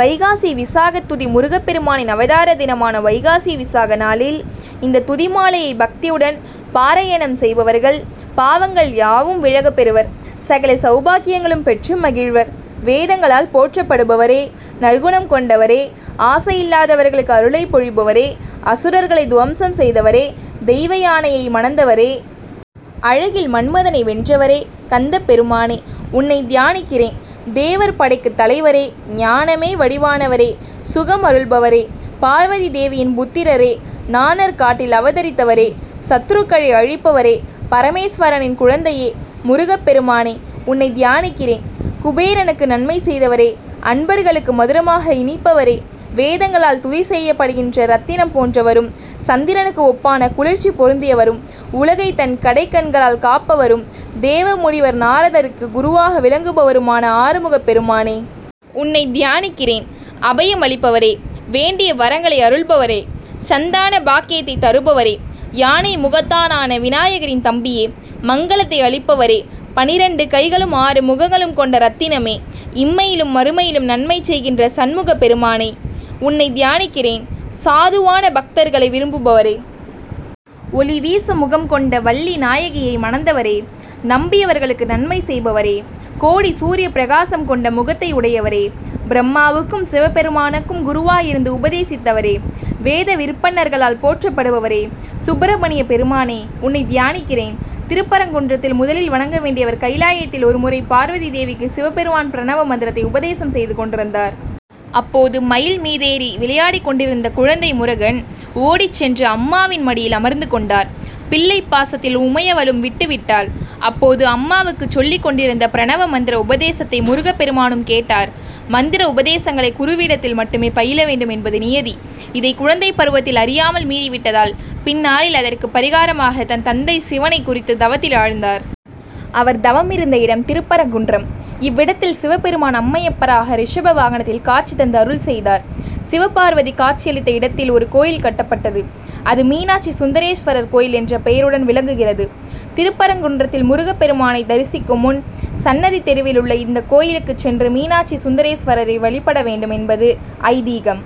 வைகாசி விசாகத் துதி முருகப்பெருமானின் அவதார தினமான வைகாசி விசாக நாளில் இந்த துதிமாலையைப் பக்தியுடன் பாராயணம் செய்பவர்கள் பாவங்கள் யாவும் விலகப்பெறுவர். சகல சௌபாக்கியங்களும் பெற்று மகிழ்வர். வேதங்களால் போற்றப்படுபவரே! நற்குணம் கொண்டவரே! ஆசையில்லாதவர்களுக்கு அருளைப் பொழிபவரே! அசுரர்களை துவம்சம் செய்தவரே! தெய்வயானையை மணந்தவரே! அழகில் மன்மதனை வென்றவரே! கந்தப்பெருமானே! உன்னைத் தியானிக்கிறேன். தேவர் படைக்குத் தலைவரே! ஞானமே வடிவானவரே! சுகம் அருள்பவரே! பார்வதிதேவியின் புத்திரரே! நாணற்காட்டில் அவதரித்தவரே! சத்ருக்களை அழிப்பவரே! பரமேஸ்வரனின் குழந்தையே! முருகப்பெருமானே! உன்னைத் தியானிக்கிறேன். குபேரனுக்கு நன்மை செய்தவரே! அன்பர்களுக்கு மதுரமாக இனிப்பவரே! வேதங்களால் துதி செய்யப்படுகின்ற ரத்தினம் போன்றவரும், சந்திரனுக்கு ஒப்பான குளிர்ச்சி பொருந்தியவரும், உலகை தன் கடைக்கண்களால் காப்பவரும், தேவமுனிவர் நாரதருக்கு குருவாக விளங்குபவருமான ஆறுமுகப்பெருமானே! உன்னைத் தியானிக்கிறேன். அபயம் அளிப்பவரே! வேண்டிய வரங்களை அருள்பவரே! சந்தான பாக்கியத்தை தருபவரே! யானை முகத்தானான விநாயகரின் தம்பியே! மங்களத்தை அளிப்பவரே! பன்னிரண்டு கைகளும், ஆறு முகங்களும் கொண்ட ரத்தினமே! இம்மையிலும் மறுமையிலும் நன்மை செய்கின்ற சண்முகப்பெருமானை! உன்னைத் தியானிக்கிறேன். சாதுவான பக்தர்களை விரும்புவரே! ஒளிவீசும் முகம் கொண்ட வள்ளிநாயகியை மணந்தவரே! நம்பியவர்களுக்கு நன்மை செய்பவரே! கோடி சூரியப்பிரகாசம் கொண்ட முகத்தை உடையவரே! பிரம்மாவுக்கும், சிவபெருமானுக்கும் குருவாய் இருந்து உபதேசித்தவரே! வேதவிற்பன்னர்களால் போற்றப்படுபவரே! சுப்பிரமணியப் பெருமானே! உன்னைத் தியானிக்கிறேன். திருப்பரங்குன்றத்தில் முதலில் வணங்க வேண்டியவர் கைலாயத்தில் ஒருமுறை பார்வதிதேவிக்கு சிவபெருமான் பிரணவ மந்திரத்தை உபதேசம் செய்து கொண்டிருந்தார். அப்போது மயில் மீதேறி விளையாடிக்கொண்டிருந்த குழந்தை முருகன், ஓடிச் சென்று அம்மாவின் மடியில் அமர்ந்து கொண்டார். பிள்ளைப்பாசத்தில் உமையவளும் விட்டுவிட்டாள். அப்போது அம்மாவுக்கு சொல்லிக்கொண்டிருந்த பிரணவ மந்திர உபதேசத்தை முருகப்பெருமானும் கேட்டார். மந்திர உபதேசங்களை குருவிடத்தில் மட்டுமே பயிலவேண்டும் என்பது நியதி. இதை குழந்தைப் பருவத்தில் அறியாமல் மீறிவிட்டதால், பின்னாளில் அதற்குப் பரிகாரமாக, தன் தந்தை சிவனைக் குறித்து தவத்தில் ஆழ்ந்தார். அவர் தவமிருந்த இடம் திருப்பரங்குன்றம். இவ்விடத்தில், சிவபெருமான் அம்மையப்பராக ரிஷப வாகனத்தில் காட்சி தந்து அருள்செய்தார். சிவபார்வதி காட்சியளித்த இடத்தில் ஒரு கோயில் கட்டப்பட்டது. அது மீனாட்சி சுந்தரேஸ்வரர் கோயில் என்ற பெயருடன் விளங்குகிறது. திருப்பரங்குன்றத்தில் முருகப்பெருமானைத் தரிசிக்கும் முன், சன்னதி தெருவிலுள்ள இந்தக்கோயிலுக்குச் சென்று மீனாட்சி சுந்தரேஸ்வரரை வழிபடவேண்டும் என்பது ஐதீகம்.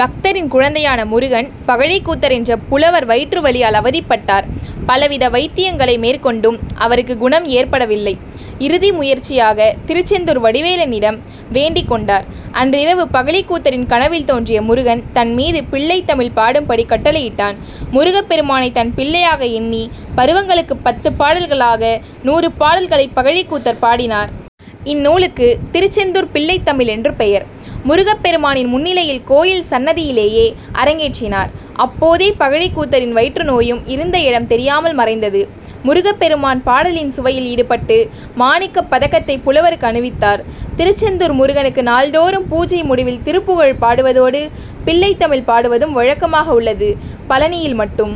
பக்தரின் குழந்தையான முருகன் பகழிக்கூத்தர் என்ற புலவர் வயிற்றுவலியால் அவதிப்பட்டார். பலவித வைத்தியங்களை மேற்கொண்டும் அவருக்கு குணம் ஏற்படவில்லை. இறுதி முயற்சியாக திருச்செந்தூர் வடிவேலனிடம் வேண்டிக் கொண்டார். அன்றிரவு பகழிக்கூத்தரின் கனவில் தோன்றிய முருகன், தன் மீது பிள்ளைத்தமிழ் பாடும்படிக் கட்டளையிட்டான். முருகப்பெருமானை, தன் பிள்ளையாக எண்ணி பருவங்களுக்குப் பத்துபாடல்களாக நூறு பாடல்களைப் பகழிக்கூத்தர் பாடினார். இந்நூலுக்கு திருச்செந்தூர் பிள்ளைத்தமிழ்' என்று பெயர். முருகப்பெருமானின் முன்னிலையில் கோயில் சன்னதியிலேயே அரங்கேற்றினார். அப்போதே பகழிக்கூத்தரின் வயிற்றுநோயும் இருந்த இடம் தெரியாமல் மறைந்தது. முருகப்பெருமான் பாடலின் சுவையில் ஈடுபட்டு மாணிக்கப்பதக்கத்தை புலவருக்கு அணிவித்தார். திருச்செந்தூர் முருகனுக்கு நாள்தோறும் பூஜை முடிவில் திருப்புகழ் பாடுவதோடு, பிள்ளைத்தமிழ் பாடுவதும் வழக்கமாக உள்ளது. பழநியில் மட்டும்